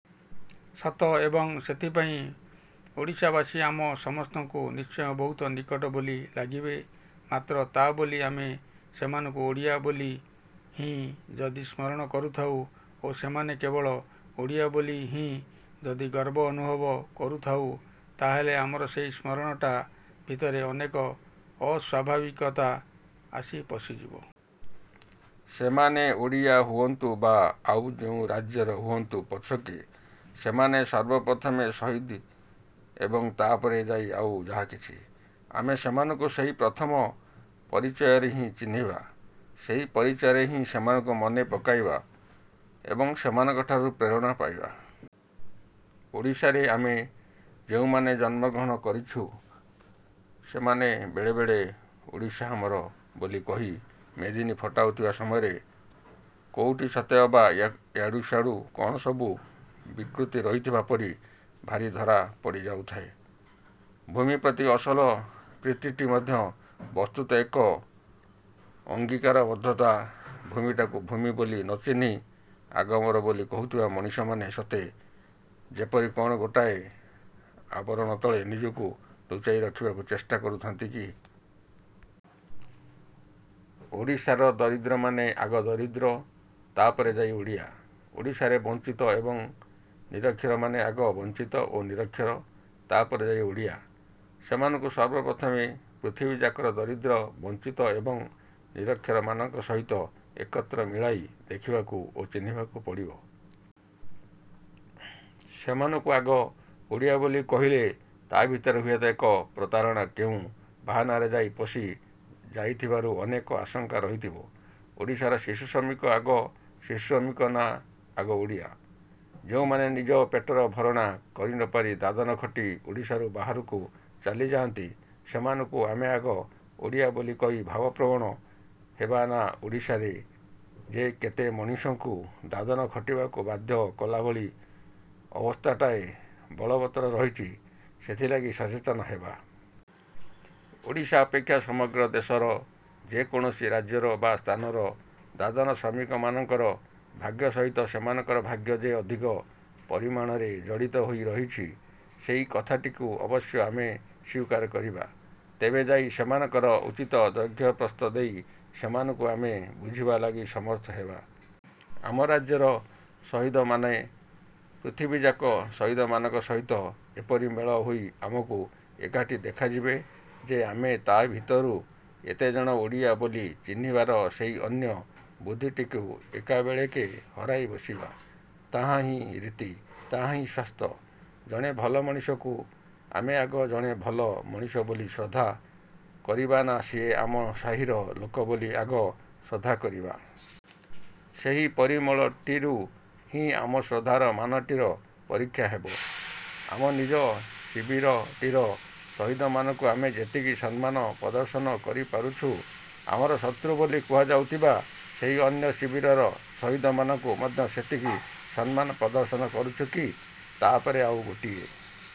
ସତ, ଏବଂ ସେଥିପାଇଁ ଓଡ଼ିଶାବାସୀ ଆମ ସମସ୍ତଙ୍କୁ ନିଶ୍ଚୟ ବହୁତ ନିକଟ ବୋଲି ଲାଗିବେ। ମାତ୍ର, ତା' ବୋଲି ଆମେ ସେମାନଙ୍କୁ ଓଡ଼ିଆ ବୋଲି ହିଁ ଯଦି ସ୍ମରଣ କରୁଥାଉ ଓ ସେମାନେ କେବଳ ଓଡ଼ିଆ ବୋଲି ହିଁ ଯଦି ଗର୍ବ ଅନୁଭବ କରୁଥାଉ, ତାହେଲେ ଆମର ସେହି ସ୍ମରଣଟା ଭିତରେ ଅନେକ ଅସ୍ୱାଭାବିକତା ଆସି ପଶିଯିବ। ସେମାନେ ଓଡ଼ିଆ ହୁଅନ୍ତୁ ବା ଆଉ ଯେଉଁ ରାଜ୍ୟର ହୁଅନ୍ତୁ ପଛକେ, ସେମାନେ ସର୍ବପ୍ରଥମେ ସହିଦ ଏବଂ ତା'ପରେ ଯାଇ ଆଉ ଯାହାକିଛି। ଆମେ ସେମାନଙ୍କୁ ସେହି ପ୍ରଥମ ପରିଚୟରେ ହିଁ ଚିହ୍ନିବା। ସେହି ପରିଚୟରେ ହିଁ ସେମାନଙ୍କୁ ମନେ ପକାଇବା ଏବଂ ସେମାନଙ୍କ ଠାରୁ ପ୍ରେରଣା ପାଇବା। ଓଡ଼ିଶାରେ ଆମେ ଯେଉଁମାନେ ଜନ୍ମଗ୍ରହଣ କରିଛୁ, ସେମାନେ ବେଳେବେଳେ ଓଡ଼ିଶା ଆମର ବୋଲି କହି ମେଦିନୀ ଫଟାଉଥିବା ସମୟରେ କୋଉଠି ସତେ ଅବା ୟାଡୁ ସାଡୁ କ'ଣ ସବୁ ବିକୃତି ରହିଥିବା ପରି ଭାରି ଧରା ପଡ଼ି ଯାଉଥାଏ। ଭୂମି ପ୍ରତି ଅସଲ ପ୍ରୀତିଟି ମଧ୍ୟ ବସ୍ତୁତଃ ଏକ ଅଙ୍ଗୀକାରବଦ୍ଧତା; ଭୂମିଟାକୁ ଭୂମି ବୋଲି ନ ଚିହ୍ନି ଆଗ ମୋର ବୋଲି କହୁଥିବା ମଣିଷମାନେ ସତେ ଯେପରି କ'ଣ ଗୋଟାଏ ଆବରଣ ତଳେ ନିଜକୁ ଲୁଚାଇ ରଖିବାକୁ ଚେଷ୍ଟା କରୁଥାନ୍ତି କି? ଓଡ଼ିଶାର ଦରିଦ୍ରମାନେ ଆଗ ଦରିଦ୍ର, ତା' ପରେ ଯାଇ ଓଡ଼ିଆ। ଓଡ଼ିଶାରେ ବଞ୍ଚିତ ଏବଂ ନିରକ୍ଷରମାନେ ଆଗ ବଞ୍ଚିତ ଓ ନିରକ୍ଷର, ତା'ପରେ ଯାଇ ଓଡ଼ିଆ। ସେମାନଙ୍କୁ ସର୍ବପ୍ରଥମେ ପୃଥିବୀଯାକର ଦରିଦ୍ର, ବଞ୍ଚିତ ଏବଂ ନିରକ୍ଷରମାନଙ୍କ ସହିତ ଏକତ୍ର ମିଳାଇ ଦେଖିବାକୁ ଓ ଚିହ୍ନିବାକୁ ପଡ଼ିବ। ସେମାନଙ୍କୁ ଆଗ ଓଡ଼ିଆ ବୋଲି କହିଲେ ତା'ଭିତରେ ହୁଏତ ଏକ ପ୍ରତାରଣା କେଉଁ ବାହାନାରେ ଯାଇ ପଶି ଯାଇଥିବାର ଅନେକ ଆଶଙ୍କା ରହିଥିବ। ଓଡ଼ିଶାର ଶିଶୁ ଶ୍ରମିକ ଆଗ ଶିଶୁ ଶ୍ରମିକ ନା ଆଗ ଓଡ଼ିଆ? ଯେଉଁମାନେ ନିଜ ପେଟର ଭରଣା କରିନପାରି ଦାଦନ ଖଟି ଓଡ଼ିଶାରୁ ବାହାରକୁ ଚାଲି ଯାଆନ୍ତି, ସେମାନଙ୍କୁ ଆମେ ଆଗ ଓଡ଼ିଆ ବୋଲି କହି ଭାବପ୍ରବଣ ହେବା ନା ଓଡ଼ିଶାରେ ଯେ କେତେ ମଣିଷଙ୍କୁ ଦାଦନ ଖଟିବାକୁ ବାଧ୍ୟ କଲାଭଳି ଅବସ୍ଥାଟାଏ ବଳବତ୍ତର ରହିଛି, ସେଥିଲାଗି ସଚେତନ ହେବା? ଓଡ଼ିଶା ଅପେକ୍ଷା ସମଗ୍ର ଦେଶର ଯେକୌଣସି ରାଜ୍ୟର ବା ସ୍ଥାନର ଦାଦନ ଶ୍ରମିକମାନଙ୍କର ଭାଗ୍ୟ ସହିତ ସେମାନଙ୍କର ଭାଗ୍ୟ ଯେ ଅଧିକ ପରିମାଣରେ ଜଡ଼ିତ ହୋଇ ରହିଛି, ସେହି କଥାଟିକୁ ଅବଶ୍ୟ ଆମେ ସ୍ୱୀକାର କରିବା। ତେବେ ଯାଇ ସେମାନଙ୍କର ଉଚିତ ଦୈର୍ଘ୍ୟ ପ୍ରସ୍ଥ ଦେଇ ସେମାନଙ୍କୁ ଆମେ ବୁଝିବା ଲାଗି ସମର୍ଥ ହେବା। ଆମ ରାଜ୍ୟର ସହିଦମାନେ ପୃଥିବୀଯାକ ସହିଦମାନଙ୍କ ସହିତ ଏପରି ମେଳ ହୋଇ ଆମକୁ ଏକାଠି ଦେଖାଯିବେ ଯେ ଆମେ ତା' ଭିତରୁ ଏତେଜଣ ଓଡ଼ିଆ ବୋଲି ଚିହ୍ନିବାର ସେହି ଅନ୍ୟ ବୁଦ୍ଧିଟିକୁ ଏକାବେଳେକେ ହରାଇ ବସିବା; ତାହାହିଁ ରୀତି, ତାହାହିଁ ସ୍ୱାସ୍ଥ୍ୟ। ଜଣେ ଭଲ ମଣିଷକୁ ଆମେ ଆଗ ଜଣେ ଭଲ ମଣିଷ ବୋଲି ଶ୍ରଦ୍ଧା କରିବା ନା ସିଏ ଆମ ସାହିର ଲୋକ ବୋଲି ଆଗ ଶ୍ରଦ୍ଧା କରିବା? ସେହି ପରିମଳଟିରୁ ହିଁ ଆମ ଶ୍ରଦ୍ଧାର ମାନଟିର ପରୀକ୍ଷା ହେବ। ଆମ ନିଜ ଶିବିରଟିର ସହିଦମାନଙ୍କୁ ଆମେ ଯେତିକି ସମ୍ମାନ ପ୍ରଦର୍ଶନ କରିପାରୁଛୁ, ଆମର ଶତ୍ରୁ ବୋଲି କୁହାଯାଉଥିବା ସେହି ଅନ୍ୟ ଶିବିରର ସହିଦମାନଙ୍କୁ ମଧ୍ୟ ସେତିକି ସମ୍ମାନ ପ୍ରଦର୍ଶନ କରୁଛୁ କି? ତା'ପରେ ଆଉ ଗୋଟିଏ